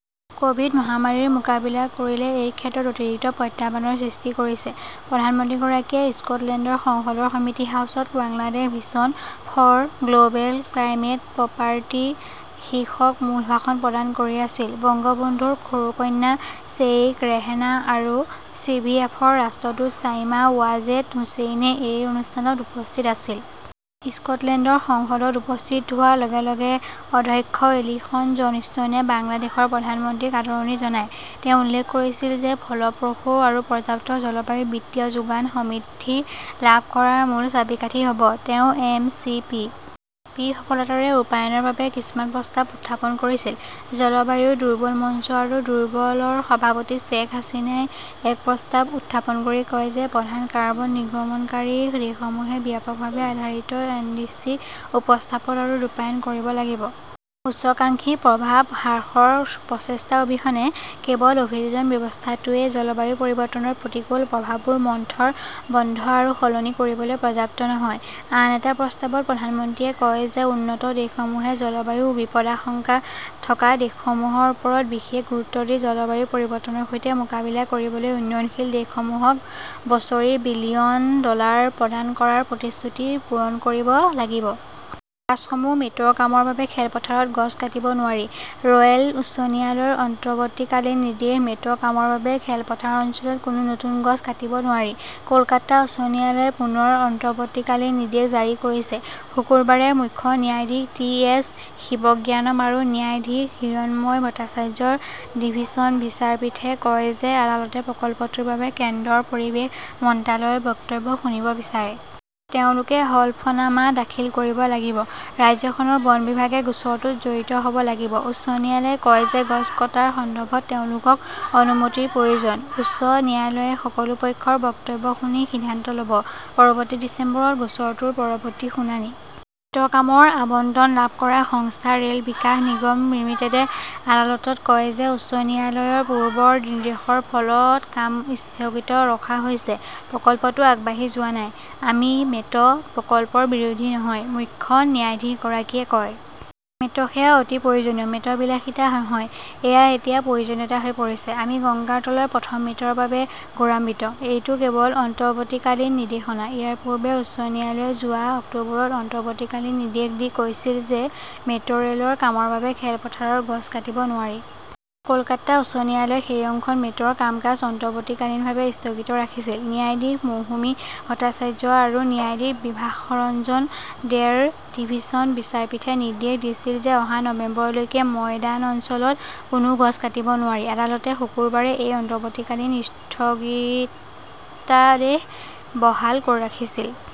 Covid- মহামাৰীৰ মোকাবিলা কৰিলে এই ক্ষেত্ৰত অতিৰিক্ত প্ৰত্যাহ্বানৰ সৃষ্টি কৰিছে। প্ৰধানমন্ত্ৰীগৰাকীয়ে স্কটলেণ্ডৰ সংসদৰ কমিটি হাউচত Bangladesh vision for global climate prosperity" শীৰ্ষক মূল ভাষণ প্ৰদান কৰি আছিল। বংগবন্ধুৰ সৰু কন্যা শ্বেইখ ৰেহানা আৰু চিভিএফৰ ৰাষ্ট্ৰদূত চাইমা ৱাজেদ হুচেইনে এই অনুষ্ঠানত উপস্থিত আছিল। স্কটলেণ্ডৰ সংসদত উপস্থিত হোৱাৰ লগে লগে অধ্যক্ষ এলিসন জনষ্টনে বাংলাদেশৰ প্ৰধানমন্ত্ৰীক আদৰণি জনায়। তেওঁ উল্লেখ কৰিছিল যে ফলপ্ৰসূ আৰু পৰ্যাপ্ত জলবায়ু বিত্তীয় যোগান সমৃদ্ধি লাভ কৰাৰ মূল চাবিকাঠি হ'ব। তেওঁ এম. চি. পি. পি. সফলতাৰে ৰূপায়ণৰ বাবে কিছুমান প্ৰস্তাৱ উত্থাপন কৰিছিল। জলবায়ু দুৰ্বল মঞ্চ আৰু দুৰ্বল ৰ সভাপতি শ্বেখ হাছিনাই এক প্ৰস্তাৱ উত্থাপন কৰি কয় যে প্ৰধান কাৰ্বন নিৰ্গমনকাৰী দেশসমূহে ব্যাপকভাৱে আধাৰিত এনডিচি উপস্থাপন আৰু ৰূপায়ণ কৰিব লাগিব। উচ্চকাংক্ষী প্ৰভাৱ হ্ৰাসৰ প্ৰচেষ্টা অবিহনে, কেৱল অভিযোজন ব্যৱস্থাটোৱেই জলবায়ু পৰিৱৰ্তনৰ প্ৰতিকূল প্ৰভাৱবোৰ মন্থৰ, বন্ধ আৰু সলনি কৰিবলৈ পৰ্যাপ্ত নহয়। আন এটা প্ৰস্তাৱত প্ৰধানমন্ত্ৰীয়ে কয় যে উন্নত দেশসমূহে জলবায়ু বিপদাশংকা থকা দেশসমূহৰ ওপৰত বিশেষ গুৰুত্ব দি জলবায়ু পৰিৱৰ্তনৰ সৈতে মোকাবিলা কৰিবলৈ উন্নয়নশীল দেশসমূহক বছৰি বিলিয়ন ডলাৰ প্ৰদান কৰাৰ প্ৰতিশ্ৰুতি পূৰণ কৰিব লাগিব। বাছসমূহ মেট্ৰ 'কামৰ বাবে খেলপথাৰত গছ কাটিব নোৱাৰি, ৰয়েল উচ্চ ন্যায়ালয়ৰ অন্তৱৰ্তীকালীন নিৰ্দেশ মেট্ৰ 'কামৰ বাবে খেলপথাৰ অঞ্চলত কোনো নতুন গছ কাটিব নোৱাৰি। কলকাতা উচ্চ ন্যায়ালয়ে পুনৰ অন্তৱৰ্তীকালীন নিৰ্দিয়ে জাৰি কৰিছে। শুকুৰবাৰে মুখ্য ন্যায়াধীশ টি এছ শিৱজ্ঞানম আৰু ন্যায়াধীশ হিৰণময় ভট্টাচাৰ্যৰ ডিভিছন বিচাৰপীঠে কয় যে আদালতে প্ৰকল্পটোৰ বাবে কেন্দ্ৰৰ পৰিৱেশ মন্ত্ৰালয়ৰ বক্তব্য শুনিব বিচাৰে। তেওঁলোকে হলফনামা দাখিল কৰিব লাগিব। ৰাজ্যখনৰ বন বিভাগে গোচৰটোত জড়িত হ'ব লাগিব। উচ্চ ন্যায়ালয়ে কয় যে গছ কটাৰ সন্দৰ্ভত তেওঁলোকক অনুমতিৰ প্ৰয়োজন। উচ্চ ন্যায়ালয়ে সকলো পক্ষৰ বক্তব্য শুনি সিদ্ধান্ত ল'ব। পৰৱৰ্তী ডিচেম্বৰত গোচৰটোৰ পৰৱৰ্তী শুনানি। মেট্ৰ 'কামৰ আবণ্টন লাভ কৰা সংস্থা ৰে' ল বিকাশ নিগম লিমিটেডে আদালতত কয় যে উচ্চ ন্যায়ালয়ৰ পূৰ্বৰ নিৰ্দেশৰ ফলত কাম স্থগিত ৰখা হৈছে। প্ৰকল্পটো আগবাঢ়ি যোৱা নাই। "আমি মেট্ৰ" প্ৰকল্পৰ বিৰোধী নহয় ", মুখ্য ন্যায়াধীশগৰাকীয়ে কয়। মেট্ৰ সেৱা অতি প্ৰয়োজনীয়। মেট্ৰ বিলাসিতা নহয়, এয়া এতিয়া প্ৰয়োজনীয়তা হৈ পৰিছে। আমি গংগাৰ তলৰ প্ৰথম মেট্ৰৰ বাবে গৌৰৱান্বিত। এইটো কেৱল অন্তৱৰ্তীকালীন নিৰ্দেশনা। ইয়াৰ পূৰ্বে উচ্চ ন্যায়ালয়ে যোৱা অক্টোবৰত অন্তৱৰ্তীকালীন নিৰ্দেশ দি কৈছিল যে মেট্ৰ' ৰে'লৰ কামৰ বাবে খেলপথাৰৰ গছ কাটিব নোৱাৰি। কলকাতা উচ্চ ন্যায়ালয়ে সেই অংশত মেট্ৰ'ৰ কাম-কাজ অন্তৱৰ্তীকালীনভাৱে স্থগিত ৰাখিছিল। ন্যায়াধীশ মৌসুমী ভট্টাচাৰ্য আৰু ন্যায়াধীশ বিভাসৰঞ্জন দেৰ ডিভিছন বিচাৰপীঠে নিৰ্দেশ দিছিল যে অহা নৱেম্বৰলৈকে ময়দান অঞ্চলত কোনো গছ কাটিব নোৱাৰি। আদালতে শুকুৰবাৰে এই অন্তৱৰ্তীকালীন স্থগিতাদেশ বহাল ৰাখিছিল।